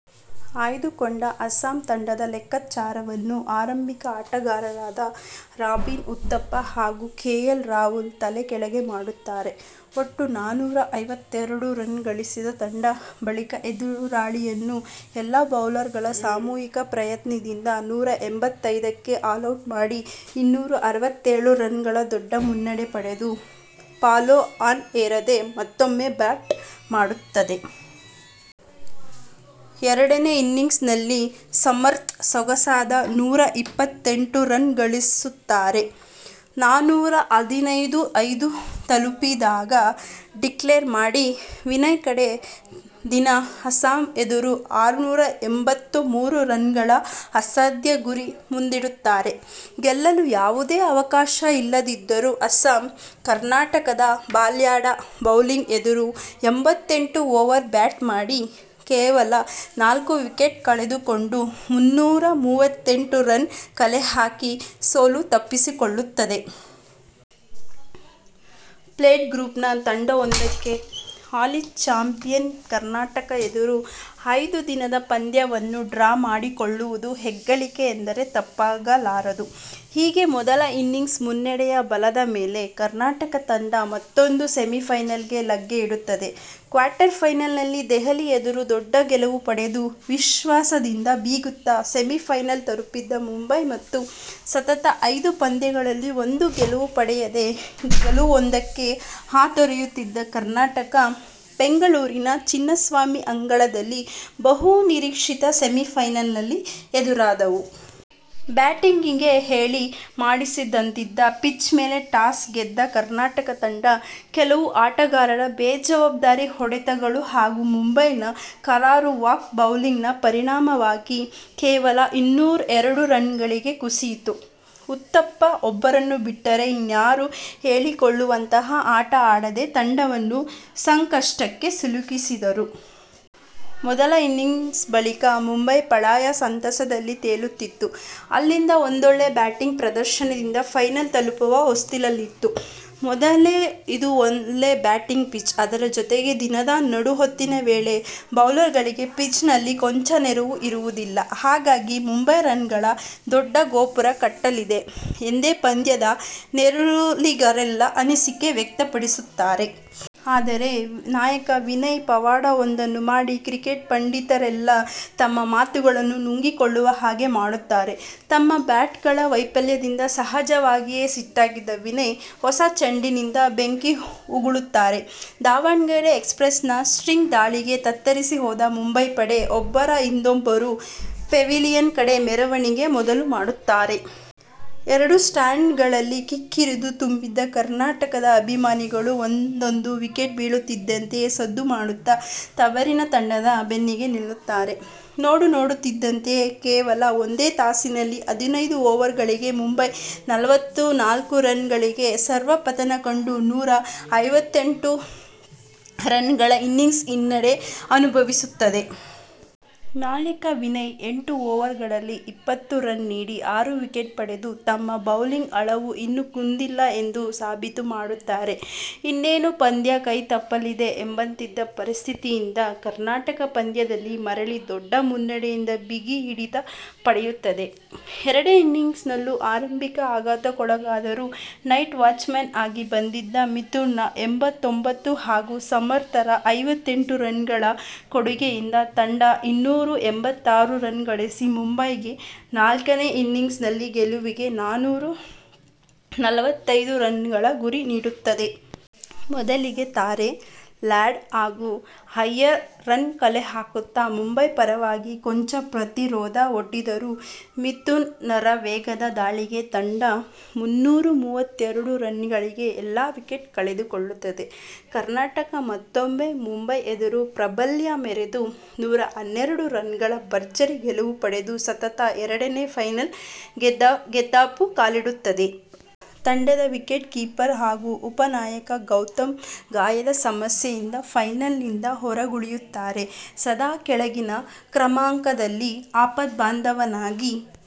ಆಯ್ದುಕೊಂಡ ಅಸ್ಸಾಮ್ ತಂಡದ ಲೆಕ್ಕಾಚಾರವನ್ನು ಆರಂಬಿಕ ಆಟಗಾರರಾದ ರಾಬಿನ್ ಉತ್ತಪ್ಪ ಹಾಗೂ ಕೆ. ಎಲ್. ರಾಹುಲ್ ತಲೆಕೆಳಗೆ ಮಾಡುತ್ತಾರೆ. ಒಟ್ಟು ನಾನೂರ ಐವತ್ತೆರಡು ರನ್ ಗಳಿಸಿದ ತಂಡ ಬಳಿಕ ಎದುರಾಳಿಯನ್ನು ಎಲ್ಲಾ ಬೌಲರ್ ಗಳ ಸಾಮೂಹಿಕ ಪ್ರಯತ್ನದಿಂದ ನೂರ ಎಂಭತ್ತೈದಕ್ಕೆ ಆಲೌಟ್ ಮಾಡಿ ಇನ್ನೂರ ಅರವತ್ತೆಳು ರನ್ ಗಳ ದೊಡ್ಡ ಮುನ್ನಡೆ ಪಡೆದು, ಪಾಲೊ-ಆನ್ ಹೇರದೆ ಮತ್ತೊಮ್ಮೆ ಬ್ಯಾಟ್ ಮಾಡುತ್ತದೆ. ಎರಡನೇ ಇನ್ನಿಂಗ್ಸ್ ನಲ್ಲಿ ಸಮರ್ತ್ ಸೊಗಸಾದ ನೂರಾ ಎಪ್ಪತ್ತೆಂಟು ರನ್ ಗಳಿಸುತ್ತಾರೆ. ನಾನೂರ ಹದಿನೈದು ಐದು ತಲುಪಿದಾಗ ಡಿಕ್ಲೇರ್ ಮಾಡಿ ವಿನಯ್ ಕಡೇ ದಿನ ಅಸ್ಸಾಮ್ ಎದುರು ಆರ್ನೂರ ಎಂಭತ್ತ್ ಮೂರು ರನ್ ಗಳ ಅಸಾದ್ಯ ಗುರಿ ಮುಂದಿಡುತ್ತಾರೆ. ಗೆಲ್ಲಲು ಯಾವುದೇ ಅವಕಾಶ ಇಲ್ಲದಿದ್ದರೂ ಅಸ್ಸಾಮ್, ಕರ್ನಾಟಕದ ಬಲಾಡ್ಯ ಬೌಲಿಂಗ್ ಎದುರು ಎಂಭತ್ತೆಂಟು ಓವರ್ ಬ್ಯಾಟ್ ಮಾಡಿ ಕೇವಲ ನಾಲ್ಕು ವಿಕೆಟ್ ಕಳೆದುಕೊಂಡು ಮುನ್ನೂರ ಮೂವತ್ತೆಂಟು ರನ್ ಕಲೆಹಾಕಿ ಸೋಲು ತಪ್ಪಿಸಿಕೊಳ್ಳುತ್ತದೆ. ಪ್ಲೇಟ್ ಗ್ರೂಪ್ ನ ತಂಡವೊಂದಕ್ಕೆ ಹಾಲಿ ಚಾಂಪಿಯನ್ ಕರ್ನಾಟಕ ಎದುರು ಐದು ದಿನದ ಪಂದ್ಯವನ್ನು ಡ್ರಾ ಮಾಡಿಕೊಳ್ಳುವುದು ಹೆಗ್ಗಳಿಕೆ ಎಂದರೆ ತಪ್ಪಾಗಲಾರದು. ಹೀಗೆ ಮೊದಲ ಇನ್ನಿಂಗ್ಸ್ ಮುನ್ನಡೆಯ ಬಲದ ಮೇಲೆ ಕರ್ನಾಟಕ ತಂಡ ಮತ್ತೊಂದು ಸೆಮಿಪೈನಲ್ ಗೆ ಲಗ್ಗೆ ಇಡುತ್ತದೆ. ಕ್ವಾರ್ಟರ್ ಪೈನಲ್ ನಲ್ಲಿ ದೆಹಲಿ ಎದುರು ದೊಡ್ಡ ಗೆಲುವು ಪಡೆದು ವಿಶ್ವಾಸದಿಂದ ಬೀಗುತ್ತಾ ಸೆಮಿಪೈನಲ್ ತಲುಪಿದ್ದ ಮುಂಬೈ ಮತ್ತು ಸತತ ಐದು ಪಂದ್ಯಗಳಲ್ಲಿ ಒಂದೂ ಗೆಲುವು ಪಡೆಯದೆ ಗೆಲುವೊಂದಕ್ಕೆ ಹಾತೊರೆಯುತ್ತಿದ್ದ ಕರ್ನಾಟಕ, ಬೆಂಗಳೂರಿನ ಚಿನ್ನಸ್ವಾಮಿ ಅಂಗಳದಲ್ಲಿ ಬಹು ನಿರೀಕ್ಶಿತ ಸೆಮಿಪೈನಲ್ ನಲ್ಲಿ ಎದುರಾದವು. ಬ್ಯಾಟಿಂಗ್ ಗೆ ಹೇಳಿ ಮಾಡಿಸಿದಂತಿದ್ದ ಪಿಚ್ ಮೇಲೆ ಟಾಸ್ ಗೆದ್ದ ಕರ್ನಾಟಕ ತಂಡ, ಕೆಲವು ಆಟಗಾರರ ಬೇಜವಾಬ್ದಾರಿ ಹೊಡೆತಗಳು ಹಾಗೂ ಮುಂಬೈನ ಕರಾರುವಾಕ್ ಬೌಲಿಂಗ್ ನ ಪರಿಣಾಮವಾಗಿ ಕೇವಲ ಇನ್ನೂರ ಎರಡು ರನ್ ಗಳಿಗೆ ಕುಸಿಯಿತು. ಉತ್ತಪ್ಪ ಒಬ್ಬರನ್ನು ಬಿಟ್ಟರೆ ಇನ್ಯಾರೂ ಹೇಳಿಕೊಳ್ಳುವಂತಹ ಆಟ ಆಡದೆ ತಂಡವನ್ನು ಸಂಕಶ್ಟಕ್ಕೆ ಸಿಲುಕಿಸಿದರು. ಮೊದಲ ಇನ್ನಿಂಗ್ಸ್ ಬಳಿಕ ಮುಂಬೈ ಪಾಳಯ ಸಂತಸದಲ್ಲಿ ತೇಲುತ್ತಿತ್ತು. ಅಲ್ಲಿಂದ ಒಂದೊಳ್ಳೆ ಬ್ಯಾಟಿಂಗ್ ಪ್ರದರ್ಶನದಿಂದ ಪೈನಲ್ ತಲುಪುವ ಹೊಸ್ತಿಲಲ್ಲಿತ್ತು. "ಮೊದಲೇ ಇದು ಒಳ್ಳೆ ಬ್ಯಾಟಿಂಗ್ ಪಿಚ್. ಅದರ ಜೊತೆಗೆ ದಿನದ ನಡುಹೊತ್ತಿನ ವೇಳೆಬೌಲರ್ ಗಳಿಗೆ ಪಿಚ್ ನಲ್ಲಿ ಕೊಂಚ ನೆರವೂ ಇರುವುದಿಲ್ಲ. ಹಾಗಾಗಿ ಮುಂಬೈ ರನ್ ಗಳ ದೊಡ್ಡ ಗೋಪುರ ಕಟ್ಟಲಿದೆ" ಎಂದೇ ಪಂದ್ಯದ ನೇರುಲಿಗರೆಲ್ಲಾ ಅನಿಸಿಕೆ ವ್ಯಕ್ತ ಪಡಿಸುತ್ತಾರೆ. ಆದರೆ ನಾಯಕ ವಿನಯ್ ಪವಾಡವೊಂದನ್ನು ಮಾಡಿ ಕ್ರಿಕೆಟ್ ಪಂಡಿತರೆಲ್ಲಾ ತಮ್ಮ ಮಾತುಗಳನ್ನು ನುಂಗಿಕೊಳ್ಳುವ ಹಾಗೆ ಮಾಡುತ್ತಾರೆ. ತಮ್ಮ ಬ್ಯಾಟ್ಸ್ಮನ್ ಗಳ ವೈಪಲ್ಯದಿಂದ ಸಹಜವಾಗಿಯೇ ಸಿಟ್ಟಾಗಿದ್ದ ವಿನಯ್, ಹೊಸ ಚೆಂಡಿನಿಂದ ಬೆಂಕಿ ಉಗುಳುತ್ತಾರೆ. ದಾವಣಗೆರೆ ಎಕ್ಸ್ಪ್ರೆಸ್ ನ ಸ್ವಿಂಗ್ ದಾಳಿಗೆ ತತ್ತರಿಸಿ ಹೋದ ಮುಂಬೈ ಪಡೆ ಒಬ್ಬರ ಹಿಂದೊಬ್ಬರು ಪೆವಿಲಿಯನ್ ಕಡೆ ಮೆರವಣಿಗೆ ಮೊದಲುಮಾಡುತ್ತಾರೆ. ಎರಡು ಸ್ಟಾಂಡ್ ಗಳಲ್ಲಿ ಕಿಕ್ಕಿರಿದು ತುಂಬಿದ್ದ ಕರ್ನಾಟಕದ ಅಬಿಮಾನಿಗಳು ಒಂದೊಂದು ವಿಕೆಟ್ ಬೀಳುತ್ತಿದ್ದಂತೆಯೇ ಸದ್ದು ಮಾಡುತ್ತಾ ತವರಿನ ತಂಡದ ಬೆನ್ನಿಗೆ ನಿಲ್ಲುತ್ತಾರೆ. ನೋಡನೋಡುತ್ತಿದಂತೆಯೇ ಕೇವಲ ಒಂದೇ ತಾಸಿನಲ್ಲಿ ಹದಿನೈದು ಓವರ್ ಗಳಿಗೆ ಮುಂಬೈ ನಲವತ್ತ ನಾಲ್ಕು ರನ್ ಗಳಿಗೆ ಸರ್ವಪತನ ಕಂಡು ನೂರ ಐವತ್ತೆಂಟು ಎಂಟು ರನ್ ಗಳ ಇನ್ನಿಂಗ್ಸ್ ಹಿನ್ನಡೆ ಅನುಬವಿಸುತ್ತದೆ. ನಾಯಕ ವಿನಯ್ ಎಂಟು ಓವರ್ ಗಳಲ್ಲಿ ಇಪ್ಪತ್ತು ರನ್ ನೀಡಿ ಆರು ವಿಕೆಟ್ ಪಡೆದು ತಮ್ಮ ಬೌಲಿಂಗ್ ಅಳವು ಇನ್ನೂ ಕುಂದಿಲ್ಲ ಎಂದು ಸಾಬೀತು ಮಾಡುತ್ತಾರೆ. ಇನ್ನೇನು ಪಂದ್ಯ ಕೈತಪ್ಪಲಿದೆ ಎಂಬಂತಿದ್ದ ಪರಿಸ್ತಿತಿಯಿಂದ ಕರ್ನಾಟಕ ಪಂದ್ಯದಲ್ಲಿ ಮರಳಿ ದೊಡ್ಡ ಮುನ್ನಡೆಯಿಂದ ಬಿಗಿ ಹಿಡಿತ ಪಡೆಯುತ್ತದೆ. ಎರಡನೇ ಇನ್ನಿಂಗ್ಸ್ ನಲ್ಲೂ ಆರಂಬಿಕ ಆಗಾತಕ್ಕೊಳಗಾದರೂ ನೈಟ್ ವಾಚ್ಮನ್ ಆಗಿ ಬಂದಿದ್ದ ಮಿತುನ್ ರ ಎಂಭತ್ತೊಂಭತ್ತು ಹಾಗೂ ಸಮರ್ತ್ ರ ಐವತ್ತೆಂಟು ರನ್ ಗಳ ಕೊಡುಗೆಯಿಂದ ತಂಡ ಇನ್ನೂರ ಎಂಭತ್ತಾರು ರನ್ ಗಳಿಸಿ ಮುಂಬೈಗೆ ನಾಲ್ಕನೇ ಇನ್ನಿಂಗ್ಸ್ ನಲ್ಲಿ ಗೆಲುವಿಗೆ ನಾನೂರ ನಲವತ್ತೈದು ರನ್ ಗಳ ಗುರಿ ನೀಡುತ್ತದೆ. ಮೊದಲಿಗೆ ತಾರೆ, ಲಾಡ್ ಹಾಗೂ ಅಯ್ಯರ್ ರನ್ ಕಲೆಹಾಕುತ್ತಾ ಮುಂಬೈ ಪರವಾಗಿ ಕೊಂಚ ಪ್ರತಿರೋದ ಒಡ್ಡಿದರೂ ಮಿತುನ್ ರ ವೇಗದ ದಾಳಿಗೆ ತಂಡ ಮುನ್ನೂರ ಮೂವತ್ತೆರಡು ರನ್ ಗಳಿಗೆ ಎಲ್ಲಾ ವಿಕೆಟ್ ಕಳೆದುಕೊಳ್ಳುತ್ತದೆ. ಕರ್ನಾಟಕ ಮತ್ತೊಮ್ಮೆ ಮುಂಬೈ ಎದುರು ಪ್ರಾಬಲ್ಯ ಮೆರೆದು ನೂರಾ ಹನ್ನೆರಡು ರನ್ ಗಳ ಬರ್ಜರಿ ಗೆಲುವು ಪಡೆದು ಸತತ ಎರಡನೇ ಪೈನಲ್ ಗೆದಾಪುಗಾಲಿಡುತ್ತದೆ. ತಂಡದ ವಿಕೆಟ್ ಕೀಪರ್ ಹಾಗೂ ಉಪನಾಯಕ ಗೌತಮ್ ಗಾಯದ ಸಮಸ್ಯೆಯಿಂದ ಪೈನಲ್ ನಿಂದ ಹೊರಗುಳಿಯುತ್ತಾರೆ. ಸದಾ ಕೆಳಗಿನ ಕ್ರಮಾಂಕದಲ್ಲಿ ಆಪತ್ಬಾಂದವನಾಗಿ